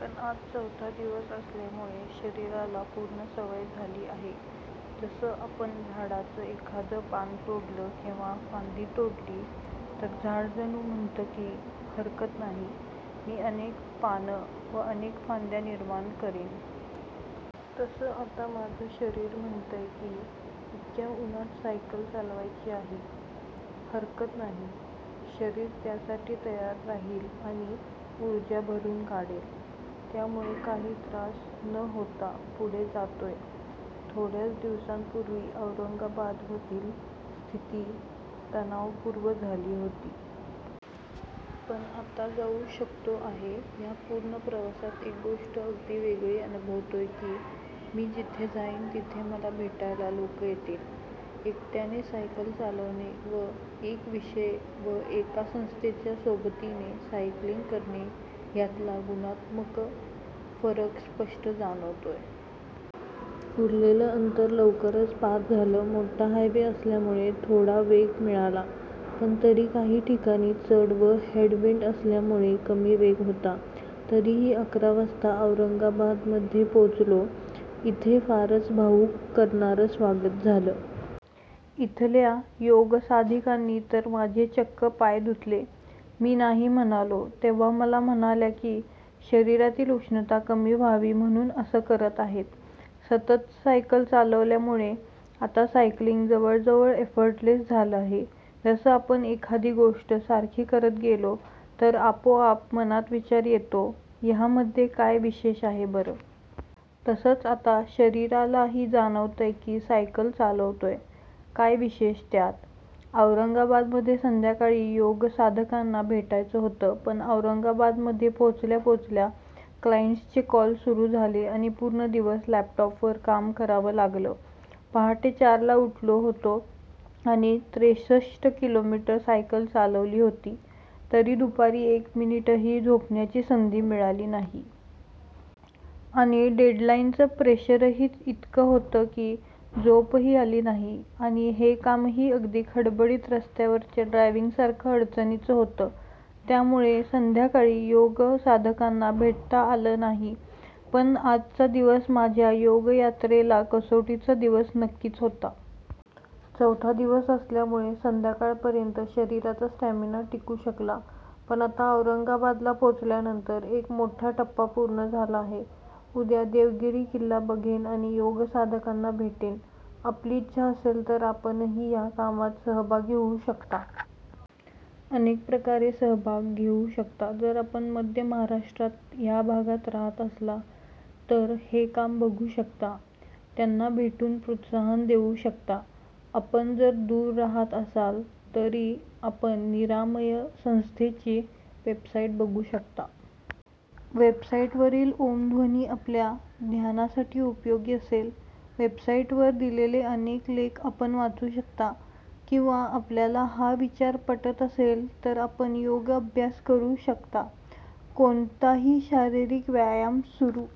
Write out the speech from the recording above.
पण आज चौथा दिवस असल्यामुळे शरीराला पूर्ण सवय झाली आहे. जसं आपण झाडाचं एखादं पान तोडलं किंवा फांदी तोडली तर झाड जणू म्हणतं की, हरकत नाही, मी अनेक पानं व अनेक फांद्या निर्माण करेन. तसं आता माझं शरीरही म्हणतंय की, इतक्या उन्हात सायकल चालवायची आहे, हरकत नाही. शरीर त्यासाठी तयार राहील आणि ऊर्जा भरून काढेल. त्यामुळे काही त्रास न होता पुढे जातोय. थोड्याच दिवसांपूर्वी औरंगाबादमधली स्थिती तणावपूर्ण झाली होती. पण आता जाऊ शकतो आहे. ह्या पूर्ण प्रवासात एक गोष्ट अगदी वेगळी अनुभवतोय की, मी जिथे जाईन, तिथे मला भेटायला लोक येतील. एकट्याने सायकल चालवणे व एक विषय व एका संस्थेच्या सोबतीने सायकलिंग करणे ह्यातला गुणात्मक फरक स्पष्ट जाणवतोय. उरलेलं अंतर लवकरच पार झालं. मोठा हायवे असल्यामुळे थोडा वेग मिळाला. पण तरी काही ठिकाणी चढ व हेड विंड असल्यामुळे कमी वेग होता. तरीही अकरा वाजता औरंगाबादमध्ये पोहोचलो. इथे फारच भावुक करणारं स्वागत झालं. इथल्या योग साधिकांनी तर माझे चक्क पाय धुतले. मी नाही म्हणालो, तेव्हा मला म्हणाल्या की, शरीरातली उष्णता कमी व्हावी म्हणून असं करत आहेत. सतत सायकल चालवल्यामुळे आता सायकलिंग जवळजवळ एफर्टलेस झालं आहे. जसं आपण एखादी गोष्ट सारखी करत गेलो तर आपोआप मनात विचार येतो, ह्यामध्ये काय विशेष आहे बरं? तसंच आता शरीरालाही जाणवतंय की, सायकल चालवतोय, काय विशेष त्यात? औरंगाबादमध्ये संध्याकाळी योग साधकांना भेटायचं होतं. पण औरंगाबादमध्ये पोहोचल्या पोहोचल्या क्लाएंटसचे कॉल सुरू झाले आणि पूर्ण दिवस लॅपटॉपवर काम करावं लागलं. पहाटे चारला उठलो होतो आणि त्रेसष्ट किलोमीटर सायकल चालवली होती, तरी दुपारी एक मिनिटही झोपण्याची संधी मिळाली नाही. आणि डेडलाईनचं प्रेशरही इतकं होतं की, झोपही आली नाही. आणि हे कामही अगदी खडबडीत रस्त्यावरच्या ड्रायव्हिंगसारखं अडचणीचं होतं. त्यामुळे संध्याकाळी योग साधकांना भेटता आलं नाही. पण आजचा दिवस माझ्या योग यात्रेतला कसोटीचा दिवस नक्कीच होता. चौथा दिवस असल्यामुळे संध्याकाळपर्यंत शरीराचा स्टॅमिना टिकू शकला. पण आता औरंगाबादला पोहोचल्यानंतर एक मोठा टप्पा पूर्ण झाला आहे. उद्या देवगिरी किल्ला बघेन आणि योग साधकांना भेटेन. आपली इच्छा असेल तर आपणही ह्या कामात सहभागी होऊ शकता. अनेक प्रकारे सहभाग घेऊ शकता. जर आपण मध्य महाराष्ट्रात ह्या भागात राहात असाल तर हे काम बघू शकता. त्यांना भेटून प्रोत्साहन देऊ शकता. आपण जर दूर राहात असाल, तरी आपण निरामय संस्थेची वेबसाईट बघू शकता. वेबसाईटवरील ॐ ध्वनी आपल्या ध्यानासाठी उपयोगी असेल. वेबसाईटवर दिलेले अनेक लेख आपण वाचू शकता. किंवा आपल्याला हा विचार पटत असेल तर आपण योगाभ्यास करू शकता. कोणताही शारीरिक व्यायाम सुरू.